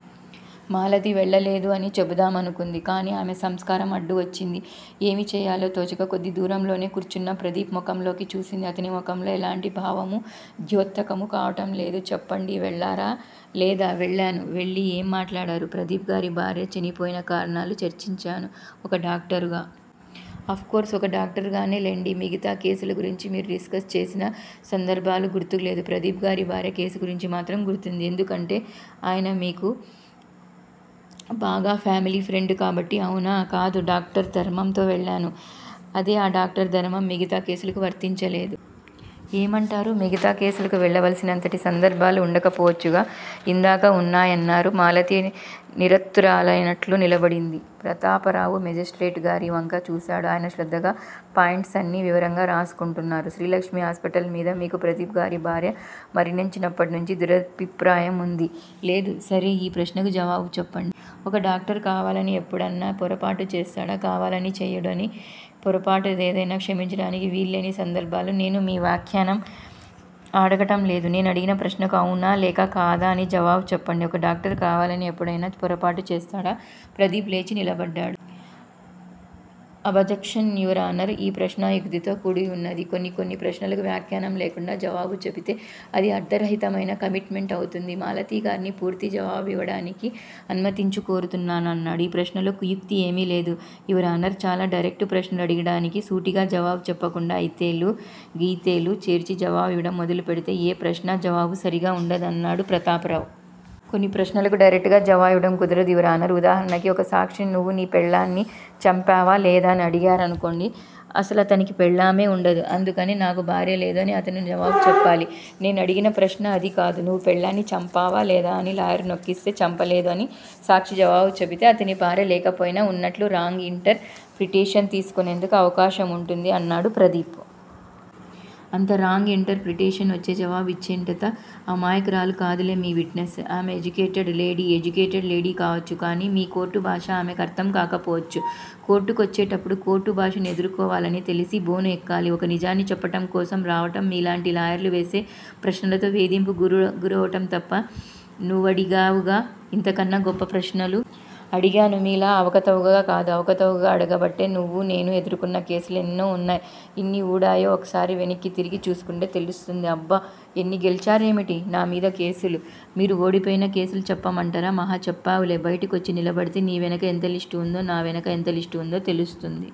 మాలతి 'వెళ్ళలేదు' అని చెబుదామనుకుంది. కాని ఆమె సంస్కారం అడ్డువచ్చింది. ఏమి చెయ్యాలో తోచక కొద్దిదూరంలోనే కూర్చున్న ప్రదీప్ ముఖంలోకి చూసింది. అతని ముఖంలో ఎలాంటి భావమూ ద్యోతకం కావటంలేదు. చెప్పండి. వెళ్ళారా లేదా? వెళ్ళాను. వెళ్ళి ఏం మాట్లాడారు? ప్రదీప్ గారి భార్య చనిపోయిన కారణాలు చర్చించాను ఒక డాక్టరుగా. అఫ్ కోర్స్ ఒక డాక్టరుగానే లెండి. మిగతా కేసులుగురించి మీరు డిస్కస్ చేసిన సందర్భాలు గుర్తులేదు. ప్రదీప్ గారి భార్య కేసుగురించి మాత్రం గుర్తుంది. ఎందుకంటే ఆయన మీకు బాగా ఫామిలీఫ్రెండ్ కాబట్టి అవునా? కాదు డాక్టర్ ధర్మంతో వెళ్ళాను. అదే ఆ డాక్టరు ధర్మం మిగతా కేసులకి వర్తించలేదు. ఏమంటారు? మిగతా కేసులకు వెళ్ళవలసినంతటి సందర్భాలు వుండకపోవచ్చుగా! ఇందాక వున్నాయన్నారు? మాలతి నిరుత్తరురాలైనట్లు నిలబడింది. ప్రతాపరావు మేజిస్ట్రేట్ గారి వంక చూశాడు. ఆయన శ్రద్దగా పాయింట్సన్నీ వివరంగా రాసుకుంటున్నారు. శ్రీలక్ష్మి హాస్పిటల్ మీద మీకు ప్రదీప్ గారి భార్య మరణించినప్పట్నుంచి దురభిప్రాయముంది? లేదు. సరే యీ ప్రశ్నకు జవాబుచెప్పండి. ఒక డాక్టరు కావాలని ఎప్పుడన్నా పొరపాటు చేస్తాడా? కావాలని చెయ్యడు కాని పొరపాటేదైనా క్షమించటానికి వీల్లేని సందర్భాలు నేను మీ వ్యాఖ్యానం అడగటంలేదు. నేనడిగిన ప్రశ్నకు 'అవును' లేక 'కాదు' అని జవాబు చెప్పండి. ఒక డాక్టరు కావాలని ఎప్పుడైనా పొరపాటు చేస్తాడా? ప్రదీప్ లేచి నిలబడ్డాడు. Objection your honour! ఈ ప్రశ్న యుక్తితో కూడివున్నది. కొన్ని కొన్ని ప్రశ్నలకు వ్యాఖ్యానం లేకుండా జవాబు చెబితే అది అర్ధరహితమైన కమిట్ మెంట్ అవుతుంది. మాలతిగార్ని పూర్తి జవాబు యివ్వటానికి అనుమతించ కోరుతున్నాను అన్నాడు. ఈ ప్రశ్నలో కుయుక్తి ఏమీ లేదు యువరానర్! చాలా డైరెక్టు ప్రశ్న అడిగినడానికి సూటిగా జవాబు చెప్పకుండా అయితేలూ, గియితేలూ చేర్చి జవాబివ్వటం మొదలుపెడితే ఏ ప్రశ్నా-జవాబు సరిగ్గా వుండదు అన్నాడు ప్రతాపరావు. కొని ప్రశ్నలకు డైరెక్టుగా జవాబివ్వటం కుదరదు యువరానర్! ఉదాహరణకి ఒక సాక్షిని 'నువ్వు నీ పెళ్ళాన్ని చంపావా లేదా? ' అని అడిగారనుకోండి. అసలతనికి పెళ్ళామే వుండదు. అందుకని 'నాకు భార్యలేదు' అని అతను జవాబుచెప్పాలి. 'నేనడిగిన ప్రశ్న అదికాదు నువ్వు పెళ్ళాన్ని చంపావా లేదా' అని లాయరు నొక్కిస్తే 'చంపలేదు' అని సాక్షి జవాబు చెబితే అతని భార్య లేకపోయినా వున్నట్లు రాంగ్ యింటర్ ప్రిటేషన్ తీసుకునేందుకు అవకాశముంటుంది అన్నాడు ప్రదీప్. అంత రాంగ్ యింటర్ ప్రిటేషన్ వచ్చే జవాబు యిచ్చేటంత అమాయకురాలు కాదులే మీ విట్ నెస్. ఆమె ఎడ్యుకేటెడ్ లేడీ. ఎడ్యుకేటెడ్ లేడీ కావచ్చు. కాని మీ కోర్టు భాష ఆమెకర్ధం కాకపోవచ్చు. కోర్టుకొచ్చేటప్పుడు కోర్టుభాషని ఎదుర్కోవాలని తెలిసి బోను ఎక్కాలి. ఒక నిజాన్ని చెప్పటంకోసం రావటం మీలాంటి లాయర్లు వేసే ప్రశ్నలతో వేధింపుకు గురవటంతప్ప నువ్వడిగావుగా యింతకన్నా గొప్ప ప్రశ్నలు. అడిగాను మీలా అవకతవకగా కాదు. అవకతవకగా అడగబట్టే నువ్వూ, నేనూ, ఎదుర్కొన్న కేసులు ఎన్ని వున్నాయో ఎన్ని ఊడాయో ఒకసారి వెనక్కి తిరిగి చూసుకుంటే తెలుస్తుంది. అబ్బా! ఎన్ని గెల్చారేమిటి నా మీద కేసులు? మీరు ఓడిపోయిన కేసులు చెప్పమంటారా? మహా చెప్పావులే. బయటికొచ్చి నిలబడితే నీ వెనక ఎంత లిస్ట్ వుందో నా వెనక ఎంత లిస్ట్ వుందో తెలుస్తుంది.